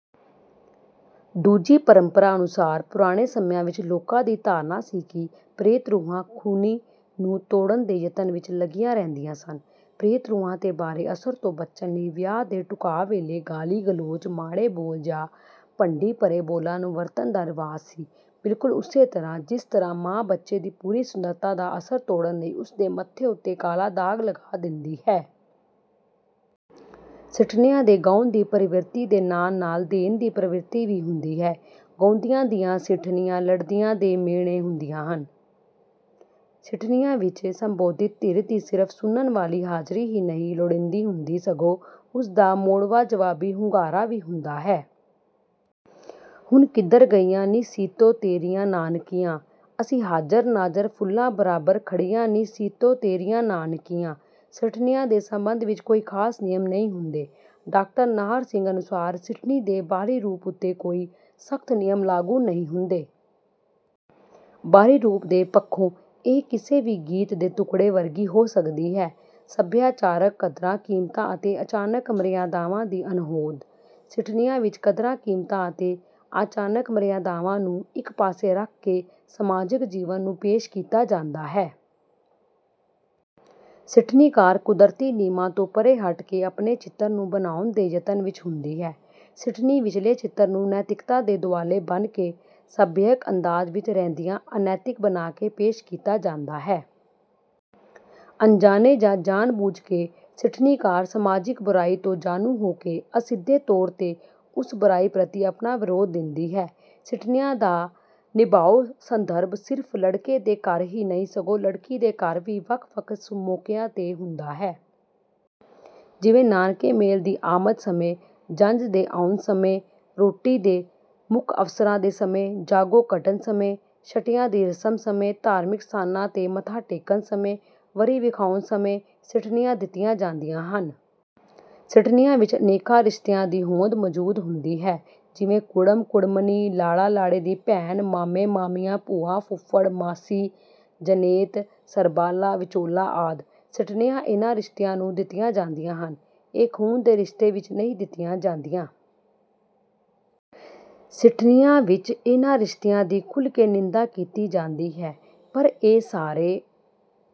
ਦੂਜੀ ਪਰੰਪਰਾ ਅਨੁਸਾਰ ਪੁਰਾਣੇ ਸਮਿਆਂ ਵਿਚ ਲੋਕਾਂ ਦੀ ਧਾਰਨਾ ਸੀ ਕਿ ਪ੍ਰੇਤ ਰੂਹਾਂ ਖੁਸ਼ੀ ਨੂੰ ਤੋੜਨ ਦੇ ਯਤਨ ਵਿੱਚ ਲੱਗੀਆਂ ਰਹਿੰਦੀਆਂ ਸਨ। ਪ੍ਰੇਤ ਰੂਹਾਂ ਦੇ ਬੁਰੇ ਅਸਰ ਤੋਂ ਬਚਣ ਲਈ ਵਿਆਹ ਦੇ ਢੁਕਾਅ ਵੇਲੇ ਗਾਲੀ, ਗਲੋਚ, ਮਾੜੇ ਬੋਲ, ਜਾਂ ਭੰਡੀ ਭਰੇ ਬੋਲਾਂ ਨੂੰ ਵਰਤਣ ਦਾ ਰਿਵਾਜ਼ ਸੀ, ਬਿਲਕੁਲ ਉਸੇ ਤਰ੍ਹਾਂ ਜਿਸ ਤਰ੍ਹਾਂ ਮਾਂ ਬੱਚੇ ਦੀ ਪੂਰੀ ਸੁੰਦਰਤਾ ਦਾ ਅਸਰ ਤੋੜਨ ਲਈ ਉਸ ਦੇ ਮੱਥੇ ਉੱਤੇ ਕਾਲਾ ਦਾਗ ਲਗਾ ਦਿੰਦੀ ਹੈ। ਸਿੱਠਣੀਆਂ ਦੇ ਗਾਉਣ ਦੀ ਪ੍ਰਵਿਰਤੀ ਦੇ ਨਾਲ ਨਾਲ 'ਦੇਣ' ਦੀ ਪ੍ਰਵਿਰਤੀ ਵੀ ਹੁੰਦੀ ਹੈ। ਗਾਉਂਦੀਆਂ ਦੀਆਂ ਸਿੱਠਣੀਆਂ ਲੜਦੀਆਂ ਦੇ ਮੇਹਣੇ ਹੁੰਦੀਆਂ ਹਨ। ਸਿੱਠਣੀਆਂ ਵਿੱਚ ਸੰਬੋਧਤ ਧਿਰ ਦੀ ਸਿਰਫ ਸੁਣਨ ਵਾਲੀ ਹਾਜ਼ਰੀ ਹੀ ਨਹੀਂ ਲੋੜੀਂਦੀ ਹੁੰਦੀ ਸਗੋਂ ਉਸਦਾ ਮੋੜਵਾਂ ਜਵਾਬੀ ਹੁੰਗਾਰਾ ਵੀ ਹੁੰਦਾ ਹੈ। ਹੁਣ ਕਿਧਰ ਗਈਆਂ ਨੀ ਸੀਤੋ ਤੇਰੀਆਂ ਨਾਨਕੀਆਂ, ਅਸੀਂ ਹਾਜ਼ਰ ਨਾਜ਼ਰ ਫੁੱਲਾਂ ਬਰਾਬਰ ਖੜੀਆਂ ਨੀ ਸੀਤੋ ਤੇਰੀਆਂ ਨਾਨਕੀਆਂ। ਸਿੱਠਣੀਆਂ ਦੇ ਸਬੰਧ ਵਿੱਚ ਕੋਈ ਖਾਸ ਨਿਯਮ ਨਹੀਂ ਹੁੰਦੇ। ਡਾਕਟਰ ਨਾਹਰ ਸਿੰਘ ਅਨੁਸਾਰ ਸਿੱਠਣੀ ਦੇ ਬਾਹਰੀ ਰੂਪ ਉੱਤੇ ਕੋਈ ਸਖ਼ਤ ਨਿਯਮ ਲਾਗੂ ਨਹੀਂ ਹੁੰਦੇ। ਬਾਹਰੀ ਰੂਪ ਦੇ ਪੱਖੋਂ ਇਹ ਕਿਸੇ ਵੀ ਗੀਤ ਦੇ ਟੁਕੜੇ ਵਰਗੀ ਹੋ ਸਕਦੀ ਹੈ। ਸੱਭਿਆਚਾਰਕ ਕਦਰਾਂ-ਕੀਮਤਾਂ ਅਤੇ ਆਚਾਰਕ ਮਰਿਆਦਾਵਾਂ ਦੀ ਅਣਹੋਂਦ: ਸਿੱਠਣੀਆਂ ਵਿੱਚ ਕਦਰਾਂ ਕੀਮਤਾਂ ਅਤੇ ਆਚਾਰਕ ਮਰਿਆਦਾਵਾਂ ਨੂੰ ਇੱਕ ਪਾਸੇ ਰੱਖ ਕੇ ਸਮਾਜਕ ਜੀਵਨ ਨੂੰ ਪੇਸ਼ ਕੀਤਾ ਜਾਂਦਾ ਹੈ। ਸਿੱਠਣੀਕਾਰ, ਕੁਦਰਤੀ ਨਿਯਮਾਂ ਤੋਂ ਪਰੇ ਹਟ ਕੇ ਆਪਣੇ ਚਿੱਤਰ ਨੂੰ ਬਣਾਉਣ ਦੇ ਯਤਨ ਵਿੱਚ ਹੁੰਦੀ ਹੈ। ਸਿੱਠਣੀ ਵਿੱਚਲੇ ਚਿੱਤਰ ਨੂੰ ਨੈਤਿਕਤਾ ਦੇ ਦੁਆਲੇ ਬੁਣ ਕੇ ਸਭਿਅਕ ਅੰਦਾਜ਼ ਵਿੱਚ ਰਹਿੰਦਿਆਂ ਅਨੈਤਿਕ ਬਣਾ ਕੇ ਪੇਸ਼ ਕੀਤਾ ਜਾਂਦਾ ਹੈ। ਅਣਜਾਣੇ ਜਾਂ ਜਾਣ ਬੁੱਝ ਕੇ ਸਿੱਠਣੀਕਾਰ ਸਮਾਜਿਕ ਬੁਰਾਈ ਤੋਂ ਜਾਣੂ ਹੋ ਕੇ ਅਸਿੱਧੇ ਤੌਰ ਤੇ ਉਸ ਬੁਰਾਈ ਪ੍ਰਤੀ ਆਪਣਾ ਵਿਰੋਧ ਦਿੰਦੀ ਹੈ। ਸਿੱਠਣੀਆਂ ਦਾ ਨਿਭਾਉ ਸੰਦਰਭ ਸਿਰਫ਼ ਲੜਕੇ ਦੇ ਘਰ ਹੀ ਨਹੀਂ ਸਗੋਂ ਲੜਕੀ ਦੇ ਘਰ ਵੀ ਵੱਖ-ਵੱਖ ਮੌਕਿਆਂ ਤੇ ਹੁੰਦਾ ਹੈ। ਜਿਵੇਂ ਨਾਨਕੇ ਮੇਲ ਦੀ ਆਮਦ ਸਮੇਂ, ਜੰਝ ਦੇ ਆਉਣ ਸਮੇਂ, ਰੋਟੀ ਦੇ ਮੁੱਖ ਅਵਸਰਾਂ ਦੇ ਸਮੇਂ, ਜਾਗੋ ਕੱਢਣ ਸਮੇਂ, ਛਟੀਆਂ ਦੀ ਰਸਮ ਸਮੇਂ, ਧਾਰਮਿਕ ਸਥਾਨਾਂ ਤੇ ਮੱਥਾ ਟੇਕਣ ਸਮੇਂ, ਵਰੀ ਵਿਖਾਉਣ ਸਮੇਂ ਸਿੱਠਣੀਆਂ ਦਿੱਤੀਆਂ ਜਾਂਦੀਆਂ ਹਨ। ਸਿੱਠਣੀਆਂ ਵਿੱਚ ਅਨੇਕਾਂ ਰਿਸ਼ਤਿਆਂ ਦੀ ਹੋਂਦ ਮੌਜੂਦ ਹੁੰਦੀ ਹੈ ਜਿਵੇਂ ਕੁੜਮ, ਕੁੜਮਣੀ, ਲਾੜਾ, ਲਾੜੇ ਦੀ ਭੈਣ, ਮਾਮੇ ਮਾਮੀਆਂ, ਭੂਆ, ਫੁਫੜ, ਮਾਸੀ, ਜਣੇਤ, ਸਰਬਾਲਾ, ਵਿਚੋਲਾ ਆਦਿ। ਸਿੱਠਣੀਆਂ ਇਹਨਾਂ ਰਿਸ਼ਤਿਆਂ ਨੂੰ ਦਿੱਤੀਆਂ ਜਾਂਦੀਆਂ ਹਨ। ਇਹ ਖੂਨ ਦੇ ਰਿਸ਼ਤੇ ਵਿੱਚ ਨਹੀਂ ਦਿੱਤੀਆਂ ਜਾਂਦੀਆਂ। ਸਿੱਠਣੀਆਂ ਵਿੱਚ ਇਹਨਾਂ ਰਿਸ਼ਤਿਆਂ ਦੀ ਖੁੱਲ੍ਹ ਕੇ ਨਿੰਦਾ ਕੀਤੀ ਜਾਂਦੀ ਹੈ ਪਰ ਇਹ ਸਾਰੇ